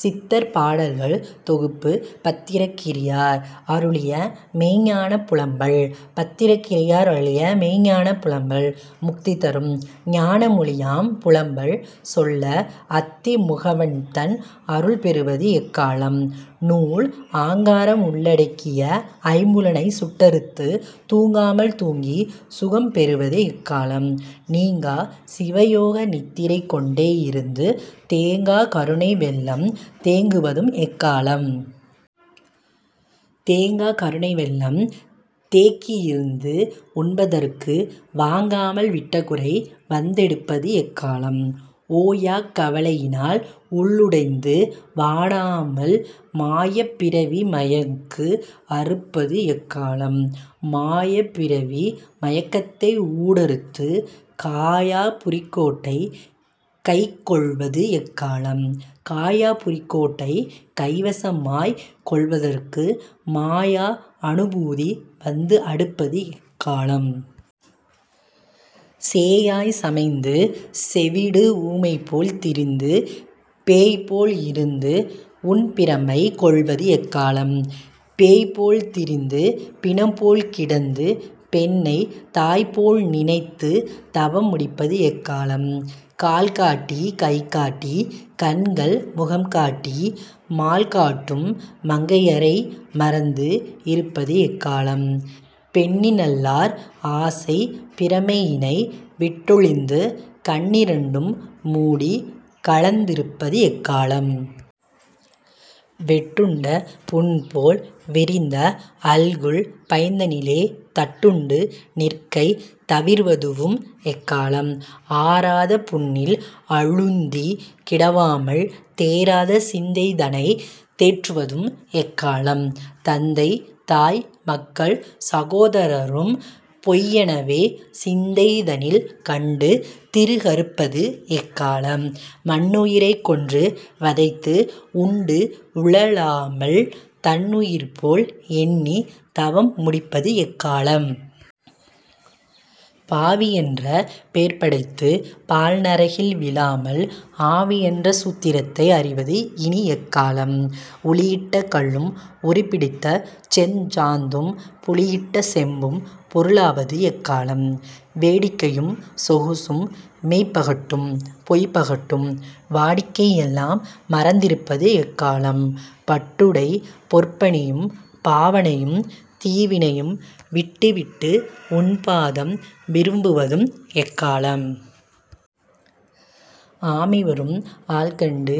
சித்தர் பாடல்கள் தொகுப்பு பத்திரகிரியார் அருளிய மெய்ஞ்ஞானப் புலம்பல் பத்திரகிரியார் அருளிய மெய்ஞ்ஞானப் புலம்பல் முக்திதரும் ஞான மொழியாம் புலம்பல் சொல்ல அத்தி முகவன்தன் அருள் பெருவது எக்காலம்? நூல் ஆங்காரம் உள்ளடக்கிய ஐம்புலனைச் சுட்டறுத்துத் தூங்காமல் தூங்கிச் சுகம் பெறுவது எக்காலம்? நீங்காச் சிவயோக நித்திரை கொண்டே இருந்து தேங்காக் கருணை வெள்ளம் தேக்குவதும் எக்காலம்? தேங்காக் கருணைவெள்ளம் தேக்கியிருந்து உண்பதற்கு வாங்காமல் விட்டகுறை வந்தெடுப்பது எக்காலம்? ஓயாக் கவலையினால் உள்ளுடைந்து வாடாமல் மாயாப் பிறவி மயக்கு அறுப்பது எக்காலம்? மாயாப் பிறவி மயக்கத்தை ஊடறுத்துக் காயா புரிக்கோட்டை கைக் கொள்வது எக்காலம்? காயா புரிக்கோட்டை கைவசமாய்க் கொள்வதற்கு மாயா அனுபூதி வந்துஅடுப்பது எக்காலம்? சேயாய்ச் சமைந்து செவிடு ஊமை போல் திரிந்து பேய்போல் இருந்து உன் பிரமை கொள்வது எக்காலம்? பேய் போல்திரிந்து பிணம்போல் கிடந்து பெண்ணைத் தாய்போல் நினைத்து தவம் முடிப்பது எக்காலம்? கால்காட்டிக் கைகாட்டிக் கண்கள் முகம்காட்டி மால்காட்டும் மங்கையரை மறந்து இருப்பது எக்காலம்? பெண்ணினல்லார் ஆசைப் பிரமையினை விட்டொழிந்து கண்ணிரண்டும் மூடிக் கலந்திருப்பது எக்காலம்? வெட்டுண்ட புண்போல் விரிந்த அல்குல் பைதனிலே தட்டுண்டு நிற்கை தவிர்வதுவும் எக்காலம்? ஆறாத புண்ணில் அழுந்திக் கிடவாமல் தேறாத சிந்தைதனைத் தேற்றுவதும் எக்காலம்? தந்தை தாய் மக்கள் சகோதரரும் பொய்யெனவே சிந்தைதனில் கண்டு திருக்கறுப்பது எக்காலம்? மன்னுயிரைக் கொன்று வதைத்து உண்டு உழலாமல் தன்னுயிர்போல் எண்ணித் தவம் முடிப்பது எக்காலம்? பாவி என்ற பேர்படைத்துப் பாழ்நரகில் வீழாமல் ஆவி என்ற சூத்திரத்தை அறிவது இனி எக்காலம்? உளியிட்ட கல்லும் உருப்பிடித்த செஞ்சாந்தும் புளியிட்ட செம்பும் பொருளாவது எக்காலம்? வேடிக்கையும் சொகுசும் மெய்ப்பகட்டும் பொய்ப்பகட்டும் வாடிக்கை எல்லாம் மறந்திருப்பது எக்காலம்? பட்டுடை பொற்பணியும் பாவனையும் தீவினையும் விட்டுவிட்டு உன்பாதம் விரும்புவதும் எக்காலம்? ஆமைவரும் ஆள்கண்டு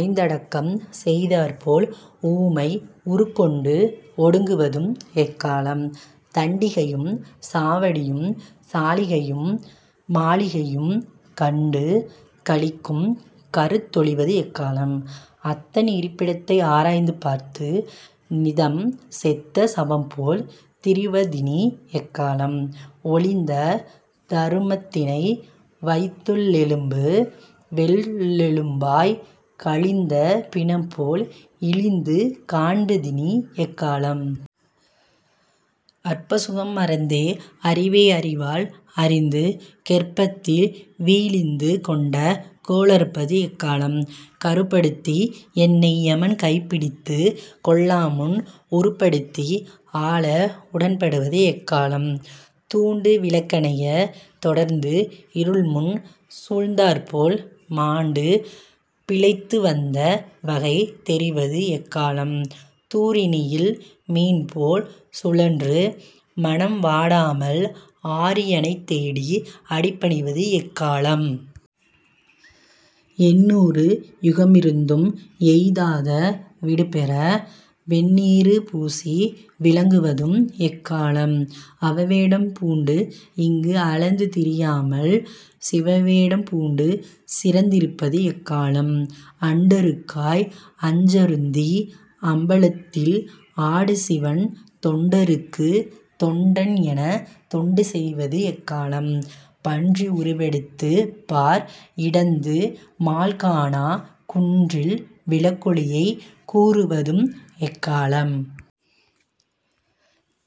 ஐந்தடக்கம் செய்தாற்போல் ஊமை உருக்கொண்டு ஒடுங்குவதும் எக்காலம்? தண்டிகையும் சாவடியும் சாளிகையும் மாளிகையும் கண்டு களிக்கும் கருத்தொழிவது எக்காலம்? அத்தன் இருப்பிடத்தை ஆராய்ந்து பார்த்து நிதம் செத்த சவம்போல் திரிவதினி எக்காலம்? ஒழிந்த தருமத்தினை வைத்துள்ளெலும்பு வெள்ளெலும்பாய்க் கழிந்த பிணம்போல்இ ழிந்து காண்பதினி எக்காலம்? அற்பசுகம் மறந்தே அறிவை அறிவால் அறிந்து கெர்ப்பத்தில் வீழிந்து கொண்ட கோளறுப்பது எக்காலம்? கருப்படுத்தி என்னை யமன் கைப்பிடித்துக் கொள்ளாமுன் உருப்படுத்தி ஆள உடன்படுவது எக்காலம்? தூண்டு விளக்கணைய தொடர்ந்து இருள் முன் சூழ்ந்தாற்போல் மாண்டு பிழைத்துவந்த வகை தெரிவது எக்காலம்? தூரியினில் மீன்போல் சுழன்று மனம் வாடாமல் ஆரியனைத் தேடி அடிபணிவது எக்காலம்? எண்ணூறு யுகமிருந்தும் எய்தாத விடுபெற வெண்ணீறு பூசி விளங்குவதும் எக்காலம்? அவவேடம் பூண்டு இங்கு அலைந்து திரியாமல் சிவவேடம் பூண்டு சிறந்திருப்பது எக்காலம்? அண்டருக்காய் நஞ்சருந்தி அம்பலத்தில் ஆடுசிவன் தொண்டருக்குத் தொண்டன் எனத் தொண்டு செய்வது எக்காலம்? பன்றி வடிவெடுத்துப் பார் இடந்து மால்காணாக் குன்றில் விளக்கொளியைக் கூறுவதும் எக்காலம்?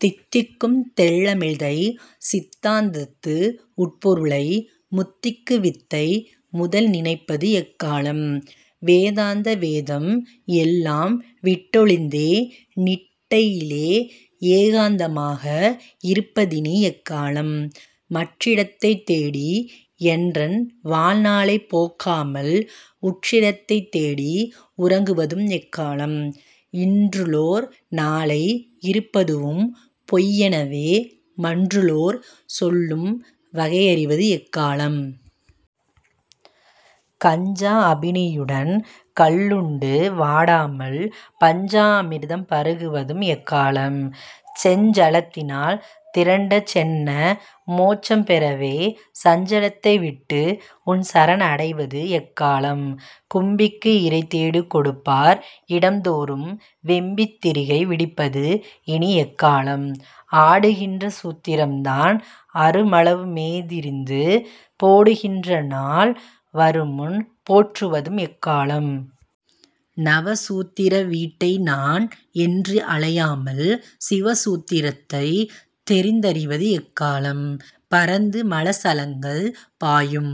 தித்திக்கும் தெள்ளமிழ்தை சித்தாந்தத்து உட்பொருளை முத்திக்கு வித்தை முதல் நினைப்பது எக்காலம்? வேதாந்தவேதம் எல்லாம் விட்டொழிந்தே நிட்டையிலே ஏகாந்தமாக இருப்பதினி எக்காலம்? மற்றிடத்தைத் தேடி என்றன் வாழ்நாளைப் போக்காமல் உற்றிடத்தைத் தேடி உறங்குவதும் எக்காலம்? இன்றுளோர் நாளை இருப்பதுவும் பொய்யெனவே மன்றுளோர் சொல்லும் வகையறிவது எக்காலம்? கஞ்சா அபினியுடன் கள்ளுண்டு வாடாமல் பஞ்சா மிர்தம் பருகுவதும் எக்காலம்? செஞ்சலத்தினால் திரண்ட சென்ன மோட்சம்பெறவே சஞ்சலத்தை விட்டு உன் சரண் அடைவது எக்காலம்? கும்பிக்கு இரைதேடிக் கொடுப்பார் இடம்தோறும் வெம்பித் திரிகை விடுப்பது இனி எக்காலம்? ஆடுகின்ற சூத்திரம் தான் அறுமளவுமேதிரிந்து போடுகின்ற நாள் வருமுன் போற்றுவதும் எக்காலம்? நவசூத் திர வீட்டை நான்என்று அலையாமல் சிவசூத் திரத்தைத் தெரிந்தறிவது எக்காலம்? பரந்து மலசலங்கள் பாயும்